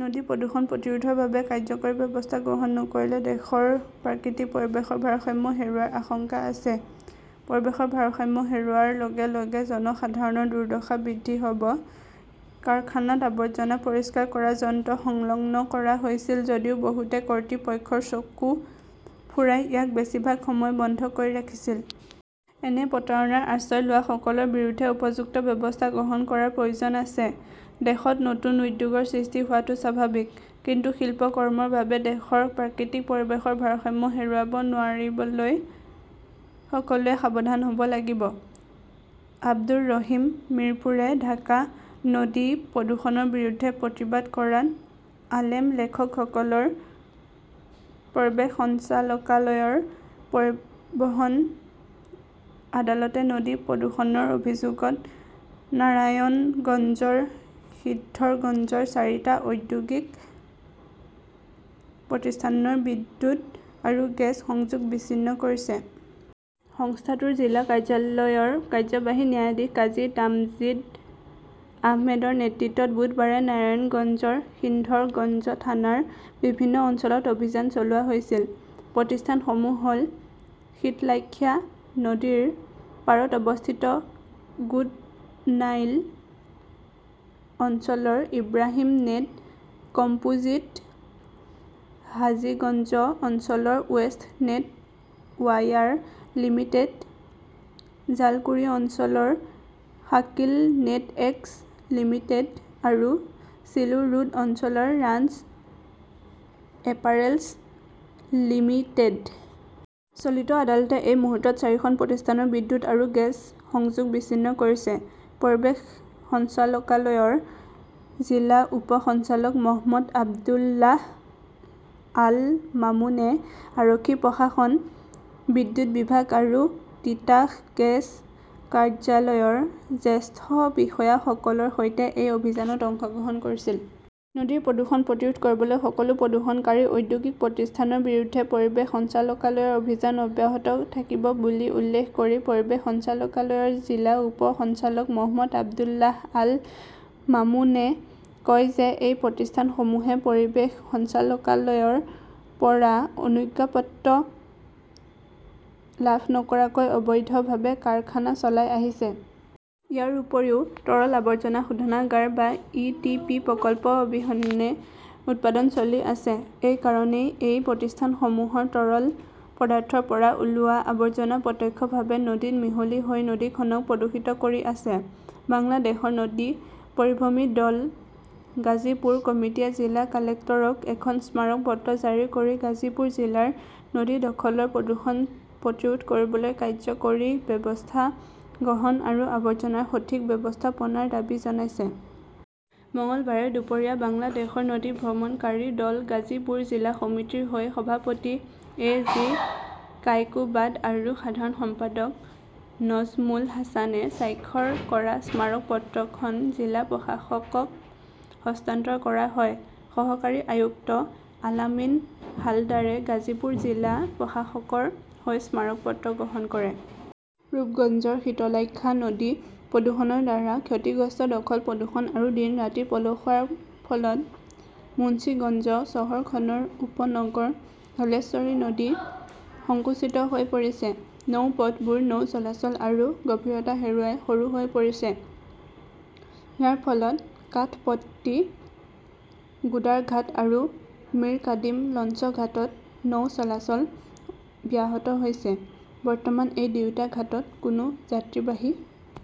নদী প্ৰদূষণ প্ৰতিৰোধৰ বাবে কাৰ্যকৰী ব্যৱস্থা গ্ৰহণ নকৰিলে দেশৰ প্ৰাকৃতিক পৰিৱেশৰ ভাৰসাম্য হেৰুৱাৰ আশংকা আছে। পৰিৱেশৰ ভাৰসাম্য হেৰুওৱাৰ লগে লগে জনসাধাৰণৰ দুৰ্দশা বৃদ্ধি হ'ব। কাৰখানাত আৱৰ্জনা পৰিষ্কাৰ কৰা যন্ত্ৰ সংলগ্ন কৰা হৈছিল যদিও বহুতে কৰ্তৃপক্ষৰ চকু ফুৰাই ইয়াক বেছিভাগ সময় বন্ধ কৰি ৰাখিছিল। এনে প্ৰতাৰণাৰ আশ্ৰয় লোৱাসকলৰ বিৰুদ্ধে উপযুক্ত ব্যৱস্থা গ্ৰহণ কৰাৰ প্ৰয়োজন আছে। দেশত নতুন উদ্যোগৰ সৃষ্টি হোৱাটো স্বাভাৱিক। কিন্তু শিল্পকৰ্মৰ বাবে দেশৰ প্ৰাকৃতিক পৰিৱেশৰ ভাৰসাম্য হেৰুৱাব নোৱাৰিবলৈ সকলোৱে সাৱধান হ'ব লাগিব। আবদুৰ ৰহিম মিৰপুৰে ঢাকা নদী প্ৰদূষণৰ বিৰুদ্ধে প্ৰতিবাদ কৰাত আলেম লেখকসকলৰ পৰিৱেশ সঞ্চালকালয়ৰ পৰিবহন আদালতে নদী প্ৰদূষণৰ অভিযোগত নাৰায়ণগঞ্জৰ সিদ্ধৰগঞ্জৰ চাৰিটা ঔদ্যোগিক প্ৰতিষ্ঠানৰ বিদ্যুৎ আৰু গেছ সংযোগ বিচ্ছিন্ন কৰিছে। সংস্থাটোৰ জিলা কাৰ্যালয়ৰ কাৰ্যবাহী ন্যায়াধীশ কাজী তামজিদ আহমেদৰ নেতৃত্বত বুধবাৰে নাৰায়ণগঞ্জৰ সিদ্ধৰগঞ্জ থানাৰ বিভিন্ন অঞ্চলত অভিযান চলোৱা হৈছিল। প্ৰতিষ্ঠানসমূহ হ'ল-শীতলাক্ষ্যা নদীৰ পাৰত অৱস্থিত গোদনাইল অঞ্চলৰ ইব্ৰাহিম নেট কম্পোজিট, হাজিগঞ্জ অঞ্চলৰ west net wire limited, Jalkuri অঞ্চলৰ শাকিল নেটএক্স লিমিটেড আৰু চিলো ৰোড অঞ্চলৰ ৰান্স এপাৰেলছ লিমিটেড। চলিত আদালতে এই মুহূৰ্তত চাৰিখন প্ৰতিষ্ঠানৰ বিদ্যুৎ আৰু গেছ সংযোগ বিচ্ছিন্ন কৰিছে। পৰিৱেশ সঞ্চালকালয়ৰ জিলা উপ সঞ্চালক মহম্মদ আব্দুল্লাহ আল মামুনে আৰক্ষী প্ৰশাসন, বিদ্যুৎ বিভাগ আৰু তিতাস গেছ কাৰ্যালয়ৰ জ্যেষ্ঠ বিষয়াসকলৰ সৈতে এই অভিযানত অংশগ্ৰহণ কৰিছিল। নদীৰ প্ৰদূষণ প্ৰতিৰোধ কৰিবলৈ সকলো প্ৰদূষণকাৰী ঔদ্যোগিক প্ৰতিষ্ঠানৰ বিৰুদ্ধে পৰিৱেশ সঞ্চালকালয়ৰ অভিযান অব্যাহত থাকিব বুলি উল্লেখ কৰি পৰিৱেশ সঞ্চালকালয়ৰ জিলা উপ সঞ্চালক মহম্মদ আব্দুল্লাহ আল মামুনে কয় যে এই প্ৰতিষ্ঠানসমূহে পৰিৱেশ সঞ্চালকালয়ৰ পৰা অনুজ্ঞাপত্ৰ লাভ নকৰাকৈ অবৈধভাৱে কাৰখানা চলাই আহিছে। ইয়াৰ উপৰিও, তৰল আৱৰ্জনা শোধনাগাৰ বা ই.টি.পি. প্ৰকল্প অবিহনে উৎপাদন চলি আছে। এই কাৰণেই এই প্ৰতিষ্ঠানসমূহৰ তৰল পদাৰ্থৰ পৰা ওলোৱা আৱৰ্জনা প্ৰত্যক্ষভাৱে নদীত মিহলি হৈ নদীখনক প্ৰদূষিত কৰি আছে। বাংলাদেশৰ নদী পৰিভ্ৰমী দল গাজীপুৰ কমিটীয়ে জিলা কালেক্টৰক এখন স্মাৰক পত্ৰ জাৰি কৰি গাজীপুৰ জিলাৰ নদী দখলৰ প্ৰদূষণ প্ৰতিৰোধ কৰিবলৈ কাৰ্যকৰী ব্যৱস্থা গ্ৰহণ আৰু আৱৰ্জনাৰ সঠিক ব্যৱস্থাপনাৰ দাবী জনাইছে। মঙলবাৰে দুপৰীয়া বাংলাদেশৰ নদী ভ্ৰমণকাৰী দল গাজীপুৰ জিলা সমিতিৰ হৈ সভাপতি এ. জি. কায়কোবাদ আৰু সাধাৰণ সম্পাদক নজ্মুল হাছানে স্বাক্ষৰ কৰা স্মাৰক পত্ৰখন জিলা প্ৰশাসকক হস্তান্তৰ কৰা হয়। সহকাৰী আয়ুক্ত আলামিন হালদাৰে গাজীপুৰ জিলা প্ৰশাসকৰ হৈ স্মাৰক পত্ৰ গ্ৰহণ কৰে। ৰূপগঞ্জৰ শীতলাক্ষ্যা নদী প্ৰদূষণৰ দ্বাৰা ক্ষতিগ্ৰস্ত দখল-প্ৰদূষণ আৰু দিন-ৰাতি পলসুৱাৰ ফলত মুঞ্চিগঞ্জ চহৰখনৰ উপনগৰ ধলেশ্বৰী নদী সংকুচিত হৈ পৰিছে। নৌ পথবোৰ নৌ চলাচল আৰু গভীৰতা হেৰুৱাই সৰু হৈ পৰিছে। ইয়াৰ ফলত কাঠপট্টি গুদাৰঘাট আৰু মিৰকাদিম লঞ্চঘাটত নৌ চলাচল ব্যাহত হৈছে। বৰ্তমান এই দুয়োটা ঘাটত কোনো যাত্ৰীবাহী